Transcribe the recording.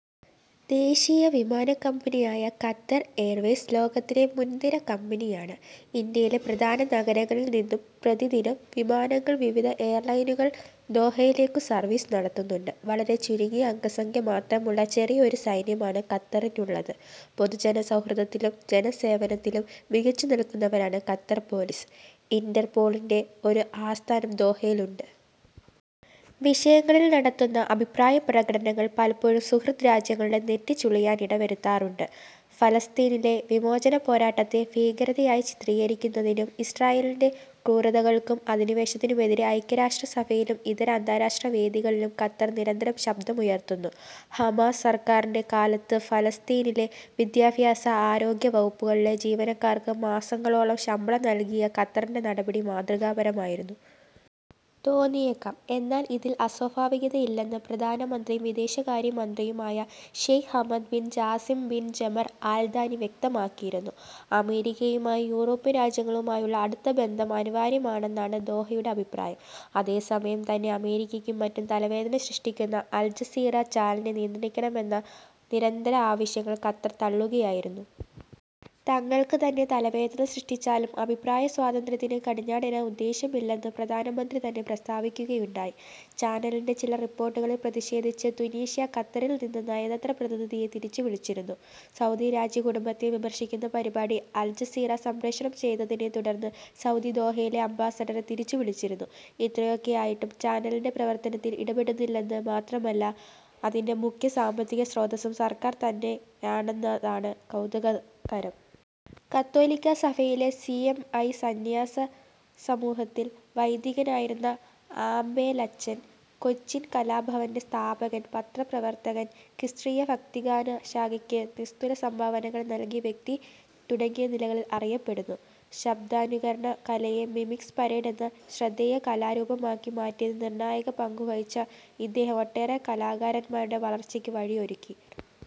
ദേശീയ വിമാനക്കമ്പനിയായ Qatar Airways ലോകത്തിലെ മുൻനിര കമ്പനിയാണ്. ഇന്ത്യയിലെ പ്രധാന നഗരങ്ങളിൽ നിന്നും പ്രതിദിനം വിമാനങ്ങൾ വിവിധ എയർലൈനുകൾ ദോഹയിലേക്കു സർവീസ് നടത്തുന്നുണ്ട്. വളരെ ചുരുങ്ങിയ അംഗസംഖ്യ മാത്രമുള്ള ചെറിയ ഒരു സൈന്യമാണ് ഖത്തറിനുള്ളത്. പൊതുജന സൗഹൃദത്തിലും ജനസേവനത്തിലും മികച്ചുനിൽക്കുന്നവരാണ് ഖത്തർ പോലീസ്. ഇന്റെർ പോളിന്റെ ഒരു ആസ്ഥാനം ദോഹയിലുണ്ട്. വിഷയങ്ങളിൽ നടത്തുന്ന അഭിപ്രായപ്രകടനങ്ങൾ പലപ്പോഴും സുഹൃദ് രാജ്യങ്ങളുടെ നെറ്റിചുളിയാനിടവരുത്താറുണ്ട്. ഫലസ്തീനിലെ വിമോചനപോരാട്ടത്തെ ഭീകരതയായി ചിത്രീകരിക്കുന്നതിനും ഇസ്രായേലിന്റെ ക്രൂരതകൾക്കും അധിനിവേശത്തിനും എതിരെ ഐക്യരാഷ്ട്രസഭയിലും ഇതര അന്താരാഷ്ട്രവേദികളിലും ഖത്തർ നിരന്തരം ശബ്ദമുയർത്തുന്നു. ഹമാസ് സർക്കാറിന്റെ കാലത്ത്ഫലസ്തീനിലെ വിദ്യാഭ്യാസ, ആരോഗ്യ വകുപ്പുകളിലെ ജീവനക്കാർക്ക് മാസങ്ങളോളം ശമ്പളം നൽകിയ ഖത്തറിന്റെ നടപടി മാതൃകാപരമായിരുന്നു. തോന്നിയേക്കാം. എന്നാൽ ഇതിൽ അസ്വാഭാവികതയില്ലെന്ന് പ്രധാനമന്ത്രിയും വിദേശകാര്യ മന്ത്രിയുമായ Sheikh Hamad bin Jassim bin Jaber Al Thani വ്യക്തമാക്കിയിരുന്നു. അമേരിക്കയുമായും യൂറോപ്യൻ രാജ്യങ്ങളുമായുമുള്ള അടുത്ത ബന്ധം അനിവാര്യമാണെന്നാണ് ദോഹയുടെ അഭിപ്രായം. അതേസമയം തന്നെ അമേരിക്കക്കും മറ്റും തലവേദന സൃഷ്ടിക്കുന്ന അൽജസീറ ചാനലിനെനിയന്ത്രിക്കണമെന്ന നിരന്തര ആവശ്യങ്ങൾ ഖത്തർ തള്ളുകയായിരുന്നു. തങ്ങൾക്കുതന്നെ തലവേദനസൃഷ്ടിച്ചാലും അഭിപ്രായ സ്വാതന്ത്ര്യത്തിന് കടിഞ്ഞാണിടാൻ ഉദ്ദേശ്യമില്ലെന്ന് പ്രധാനമന്ത്രി തന്നെ പ്രസ്താവിക്കുകയുണ്ടായി. ചാനലിന്റെ ചില റിപ്പോർട്ടുകളിൽ പ്രതിഷേധിച്ച് തുനീഷ്യ ഖത്തറിൽ നിന്ന് നയതന്ത്ര പ്രതിനിധിയെ തിരിച്ചുവിളിച്ചിരുന്നു. സൗദി രാജകുടുംബത്തെ വിമർശിക്കുന്ന പരിപാടി അൽജസീറ സംപ്രേഷണം ചെയ്തതിനെ തുടർന്ന് സൗദി ദോഹയിലെ അംബാസഡറെ തിരിച്ചുവിളിച്ചിരുന്നു. ഇത്രയൊക്കെയായിട്ടും ചാനലിന്റെ പ്രവർത്തനത്തിൽ ഇടപെടുന്നില്ലെന്ന് മാത്രമല്ല, അതിന്റെ മുഖ്യ സാമ്പത്തിക സ്രോതസ്സും സർക്കാർ തന്നെയാണെന്നതാണ് കൗതുകകരം. കത്തോലിക്കാ സഭയിലെ സി. എം. ഐ. സന്യാസ സമൂഹത്തിൽ വൈദികനായിരുന്നു ആബേലച്ചൻ. കൊച്ചിൻ കലാഭവന്റെ സ്ഥാപകൻ, പത്രപ്രവർത്തകൻ, ക്രിസ്തീയ ഭക്തിഗാന ശാഖക്ക് നിസ്തുല സംഭാവനകൾ നൽകിയ വ്യക്തി തുടങ്ങിയ നിലകളിൾ അറിയപ്പെടുന്നു. ശബ്ദാനുകരണ കലയെ മിമിക്സ് പരേഡ് എന്ന ശ്രദ്ധേയ കലാരൂപമാക്കി മാറ്റിയതിൽ നിർണായക പങ്കുവഹിച്ച ഇദ്ദേഹം ഒട്ടേറെ കലാകാരൻമാരുടെ വളർച്ചക്ക് വഴിയൊരുക്കി.